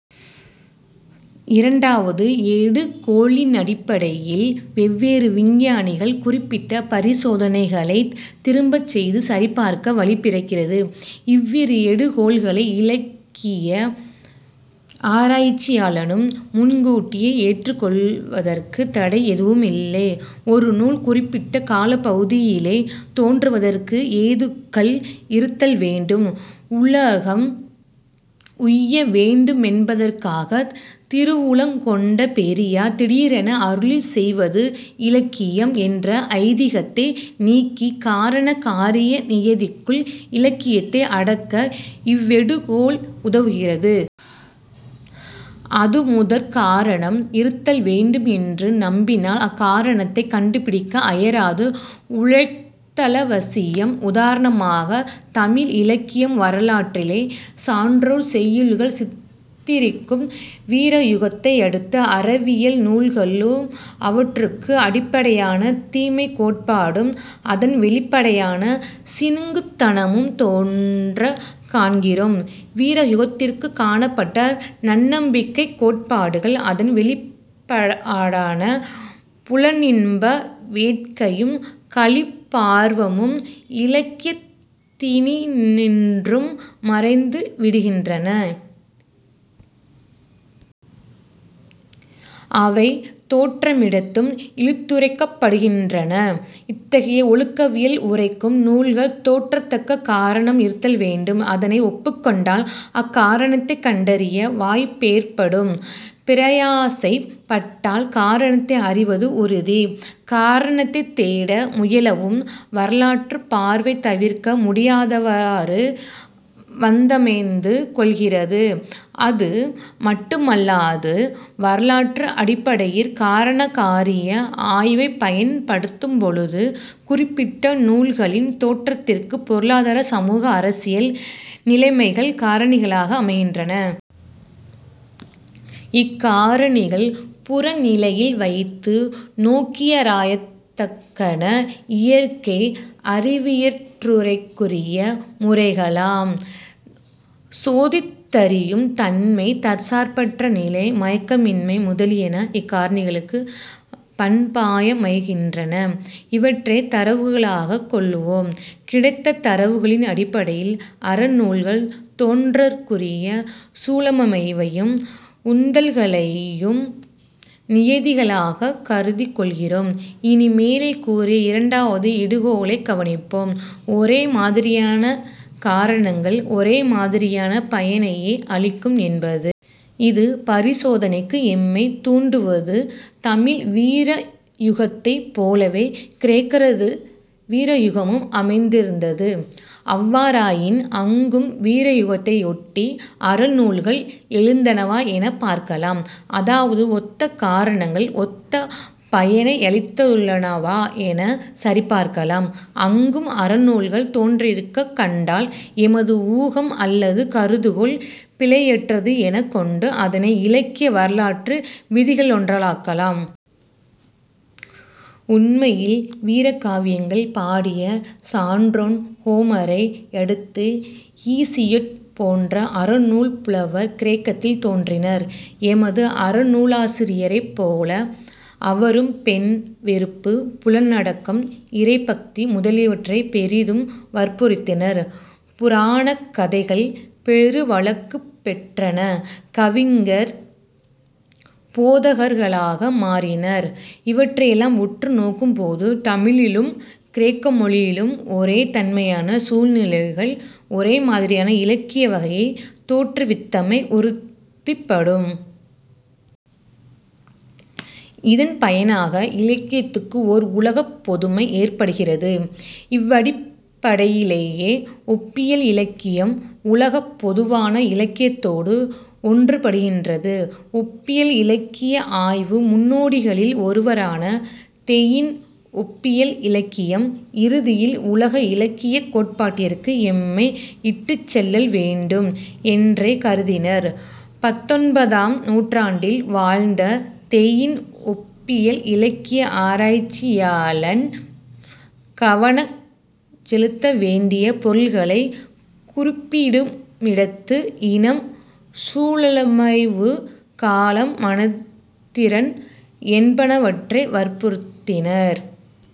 இரண்டாவது எடுகோளினடிப்படையில் வெவ்வேறு விஞ்ஞானிகள் குறிப்பிட்ட பரிசோதனைகளைத் திரும்பச்செய்து சரிபார்க்க வழி பிறக்கிறது. இவ்விரு எடுகோள்களை இலக்கிய ஆராய்ச்சியாளனும் முன்கூட்டியே ஏற்றுக் கொள்வதற்கு தடையெதுவுமில்லை. ஒரு நூல் குறிப்பிட்ட காலப்பகுதியிலே தோன்றுவதற்கு ஏதுக்கள் இருத்தல் வேண்டும். உலகம் உய்ய வேண்டுமென்பதற்காகத் திருவுளங் கொண்ட பெரியார் திடீரென அருளிச் செய்வது இலக்கியம் என்ற ஐதீகத்தை நீக்கி, காரண காரிய நியதிக்குள் இலக்கியத்தை அடக்க இவ்வெடுகோள் உதவுகிறது. அது முதற் பயன். காரணம் இருத்தல் வேண்டும் என்று நம்பினால் அக்காரணத்தைக் கண்டுபிடிக்க அயராது உழைத்தலவசியம். உதாரணமாகத் தமிழ் இலக்கிய வரலாற்றிலே சான்றோர் செய்யுள்கள் சித்திரிக்கும் வீரயுகத்தை யடுத்து, அறவியல் நூல்களும் அவற்றுக்கு அடிப்படையான தீமைக் கோட்பாடும் அதன் வௌிப்படையான சிணுங்கித்தனமும் தோன்றக் காண்கிறோம். வீரயுகத்திற் காணப்பட்ட நன்னம்பிக்கைக் கோட்பாடுகள் அதன் வௌிப்படான புலனின்ப வேட்கையும் களிப்பார்வமும் இலக்கியத்தினின்றும் மறைந்து விடுகின்றன. அவை தோன்றுமிடத்தும் இழித்துரைக்கப்படுகின்றன. இத்தகைய ஒழுக்கவியல் உரைக்கும் நூல்கள் தோன்றத்தக்க காரணம் இருத்தல் வேண்டும். அதனை ஒப்புக் கொண்டால் அக்காரணத்தைக் கண்டறிய வாய்ப்பேற்படும். பிரயாசைப் பட்டால் காரணத்தை அறிவது உறுதி. காரணத்தைத் தேட முயலவும் வரலாற்றுப் பார்வை தவிர்க்க முடியாதவாறு வந்தமைந்து கொள்கிறது. அது மட்டுமல்லாது வரலாற்று அடிப்படையிற் காரணகாரிய ஆய்வைப் பயன் படுத்தும்பொழுது குறிப்பிட்ட நூல்களின் தோற்றத்திற்குப் பொருளாதார சமூக அரசியல் நிலைமைகள் காரணிகளாக அமைகின்றன. இக் காரணிகள் புறநிலையில் வைத்து நோக்கியாராயத்தக்கன. இயற்கை அறிவியற்றுறைக்குரிய முறைகளாம் 'சோதித்தறியும் தன்மை,' 'தற்சார்பற்ற நிலை,' 'மயக்கமின்மை' முதலியன இக்காரணிகளுக்குப் பண்பாயமைகின்றன. இவற்றைத் தரவுகளாகக் கொள்ளுவோம். கிடைத்த தரவுகளின் அடிப்படையில் அற நூல்கள் தோன்றற்குரிய சூழமைவையும் உந்தல்களையும் நியதிகளாகக் கருதிக் கொள்கிறோம். இனி, மேலே கூறிய இரண்டாவது எடுகோளைக் கவனிப்போம்: ஒரே மாதிரியான காரணங்கள் ஒரே மாதிரியான பயனையே அளிக்கும் என்பது. இது பரிசோதனைக்கு எம்மைத் தூண்டுவது தமிழ் வீரயுகத்தைப் போலவே கிரேக்கரது வீரயுகமும் அமைந்திருந்தது. அவ்வாறாயின் அங்கும் வீரயுகத்தையொட்டி அறநூல்கள் எழுந்தனவா எனப் பார்க்கலாம். அதாவது ஒத்த காரணங்கள் ஒத்த பயனையளித்துள்ளனவா எனச் சரிபார்க்கலாம். அங்கும் அறநூல்கள் தோன்றியிருக்கக் கண்டால் எமது ஊகம் அல்லது கருதுகோள் பிழையற்றது எனக் கொண்டு அதனை இலக்கிய வரலாற்று விதிகளிலொன்றாக்கலாம். உண்மையில் வீரகாவியங்கள் பாடிய சான்றோன் ஹோமரை யடுத்து ஹீசியொட் போன்ற அறநூற்புலவர் கிரேக்கத்திலே தோன்றினர். எமது அறநூலாசிரியரைப் போல அவரும் பெண் வெறுப்பு, புலனடக்கம், இறை பக்தி முதலியவற்றைப் பெரிதும் வற்புறுத்தினர்; புராணக் கதைகள் பெருவழக்குப் பெற்றன. கவிஞர் போதகர்களாக மாறினர். இவற்றையெல்லாம் உற்று நோக்கும் போது தமிழிலும் கிரேக்கமொழியிலும் ஒரே தன்மையான சூழ்நிலைகள் ஒரே மாதிரியான இலக்கிய வகையைத் தோற்றுவித்தமை உறுதிப்படும். இதன் பயனாக இலக்கியத்துக்கு ஓர் உலகப் பொதுமை ஏற்படுகிறது. இவ்வடிப்படையிலேயே ஒப்பியல் இலக்கியம் உலகப் பொதுவான இலக்கியத்தோடு ஒன்றுபடுகின்றது. ஒப்பியல் இலக்கிய ஆய்வு முன்னோடிகளில் ஒருவரான தெயின், ஒப்பியல் இலக்கியம் இறுதியில் உலக இலக்கியக் கோட்பாட்டிற்கு எம்மை இட்டுச் செல்லல் வேண்டும் என்றே கருதினார். பத்தொன்பதாம் நூற்றாண்டில் வாழ்ந்த தெயின், ஒப்பியல் இலக்கிய ஆராய்ச்சியாளன் கவனஞ் செலுத்த வேண்டிய பொருள்களைக் குறிப்பிடுமிடத்து, இனம், சூழமைவு, காலம், மனத்திறன் என்பனவற்றை வற்புறுத்தினார்.